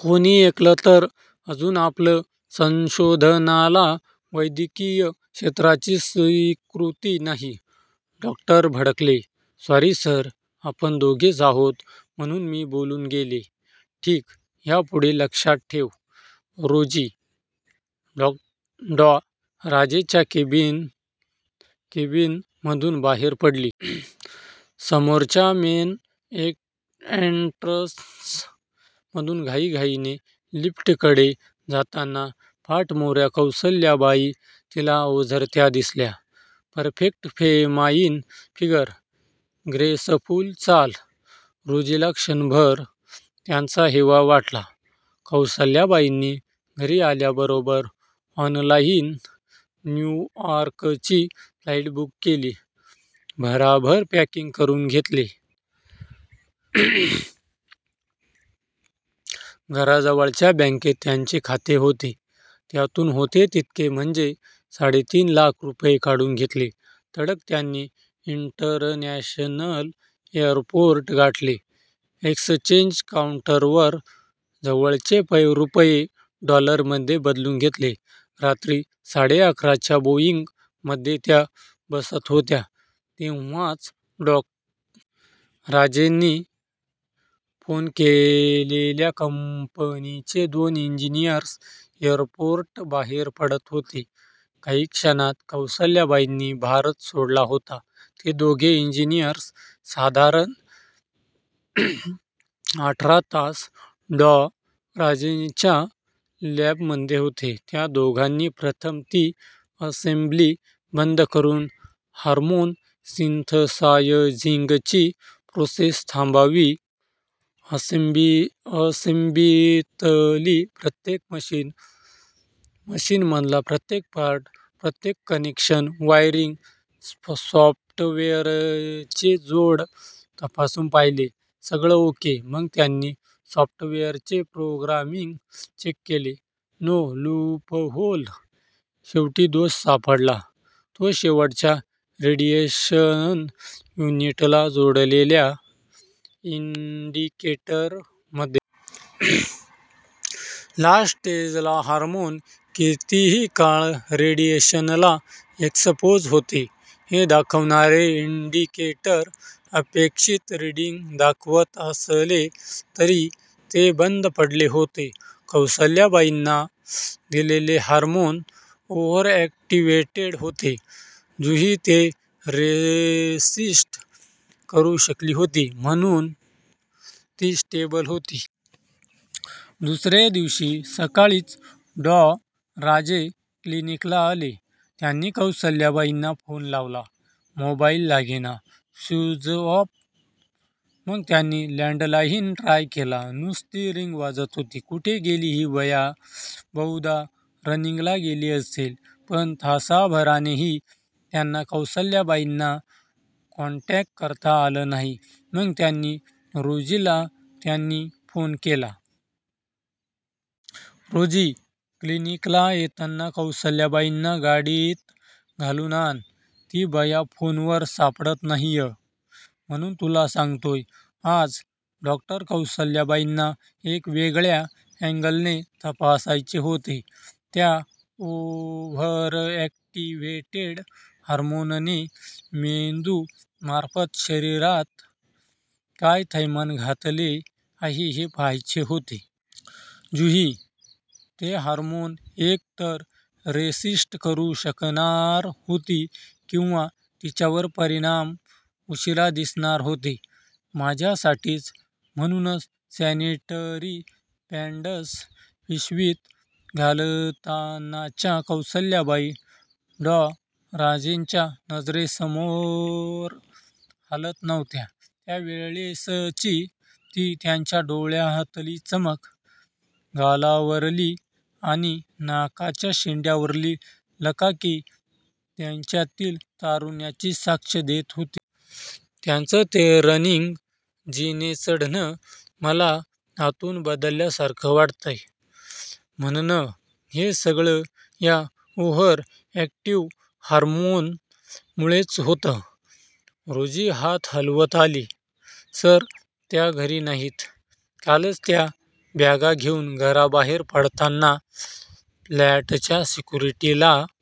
कोणी ऐकलं तर? अजून आपलं संशोधनाला वैद्यकीय क्षेत्राची स्वीकृती नाही! डॉक्टर भडकले. "सॉरी सर, आपण दोघेच आहोत म्हणून मी बोलून गेले. "" ठीक, या पुढे लक्षात ठेव! " रोजी डॉ. राजेंच्या केबिन मधून बाहेर पडली. समोरच्या मेन एंट्रन्स मधून घाईघाईने लिफ्टकडे जाताना पाठमोऱ्या कौसल्याबाई तिला ओझरत्या दिसल्या! परफेक्ट फेमाईन फिगर, ग्रेसफुल चाल! रोजीला क्षणभर त्यांचा हेवा वाटला! कौसल्याबाईनी घरी आल्याबरोबर ऑनलाईन न्यूयार्कची फ्लाईट बुक केली. भराभर पॅकिंग करून घेतले. घराजवळच्या बँकेत त्याचे खाते होते. त्यातून होते तितके म्हणजे साडेतीन लाख रुपये काढून घेतले. तडक त्यांनी इंटरनॅशनल एअरपोर्ट गाठले. एक्सचेंज कॉउंटरवर जवळचे रुपये, डॉलरमध्ये बदलून घेतले. रात्री साडेअकराच्या बोईंग मध्ये त्या बसत होत्या, तेव्हाच डॉ. राजेंनी फोन केलेल्या कम्पनीचे दोन इंजिनियर्स एअरपोर्ट बाहेर पडत होते! काही क्षणात कौसल्याबाईंनी भारत सोडला होता! ते दोघे इंजिनियर्स साधारण आठरा तास डॉ. राजेंच्या लॅब मध्ये होते. त्या दोघांनी प्रथम ती असेम्ब्ली बंद करून, हार्मोन सिंथसायझिंगची प्रोसेस थांबावी. असेंब्लितली प्रत्येक मशीन, मशीन मधला प्रत्येक पार्ट, प्रत्येक कनेक्शन, वायरिंग, सॉफ्टवेरचेजोड तपासून पहिले. सगळं ओके! मग त्यांनी सॉफ्टवेयरचे प्रोग्रामिंग चेक केले. No loophole! शेवटी दोष सापडला तो शेवटच्या रेडिएशन युनिटला जोडलेल्या इंडिकेटर मध्ये! लास्ट स्टेजला हार्मोन, कितीही काळ रेडिएशनला एक्सपोज होते, हे दाखवणारे इंडिकेटर अपेक्षित रिडींग दाखवत असले तरी, ते बंद पडले होते! कौसल्याबाईंना दिलेले हार्मोन ओव्हर ऍक्टिव्हेटेड होते! जुही ते रेसिस्ट करू शकली होती, म्हणून ती स्टेबल होती! दुसरे दिवशी, सक्काळीच डॉ. राजे क्लिनिकला आले. त्यांनी कौशल्याबाईंना फोन लावला. मोबाईल लागेना. स्वीचऑफ! मग त्यांनी लँडलाईन ट्राय केला. नुस्ती रिंग वाजत होती. कुठे गेली हि बया? बहुदा रनिंगला गेली असेल! पण तासाभरानेही त्यांना कौशल्याबाईंना कॉन्टॅक्ट करता आला नाही, मग त्यांनी रोजीला त्यांनी फोन केला. "रोजी, क्लिनिकल येताना कौशल्याबाईंना गाडीत घालून आण! ती बया फोनवर सापडत नाहीय! म्हणून तुला सांगतोय! " आज डॉक्टर कौशल्याबाईंना एका वेगळ्या अँगलने तपासायचे होते. त्या ओव्हरऍक्टिव्हेटेड हार्मोनने मेंदू मार्फत शरीरात काय थैमान घातले आहे हे पहायचे होते. 'जुही' ते हार्मोन एक तर रेसिस्ट करू शकणार होती, किंवा तिच्यावर परिणाम उशिरा दिसणार होते. माझ्या साठीच! म्हणून सॅनिटरी पॅड्स पिशवीत घालतानाच्या कौसल्याबाई! डॉ. राजेंच्या नजरेसमोर हालत नव्हत्या. त्या वेळेसची, ती त्यांच्या डोळ्यातली चमक, गालावरली आणि नाकाच्या शेंड्यावरली लकाकी, त्याच्यातील तारुण्याची साक्ष देत होती! त्यांचं ते रनिंग, जिनेचढ़ण, 'मला आतून बदल्या सारखं वाटतय! ' म्हणणं, हे सगळं या ओव्हर ऍक्टिव्ह हार्मोन मुळेच होत! रोजी हात हलवत आली. सर, त्या घरी नाहीत. कालच त्या बॅगा घेऊन घराबाहेर पडताना फ्लॅटच्या सेक्युरिटीला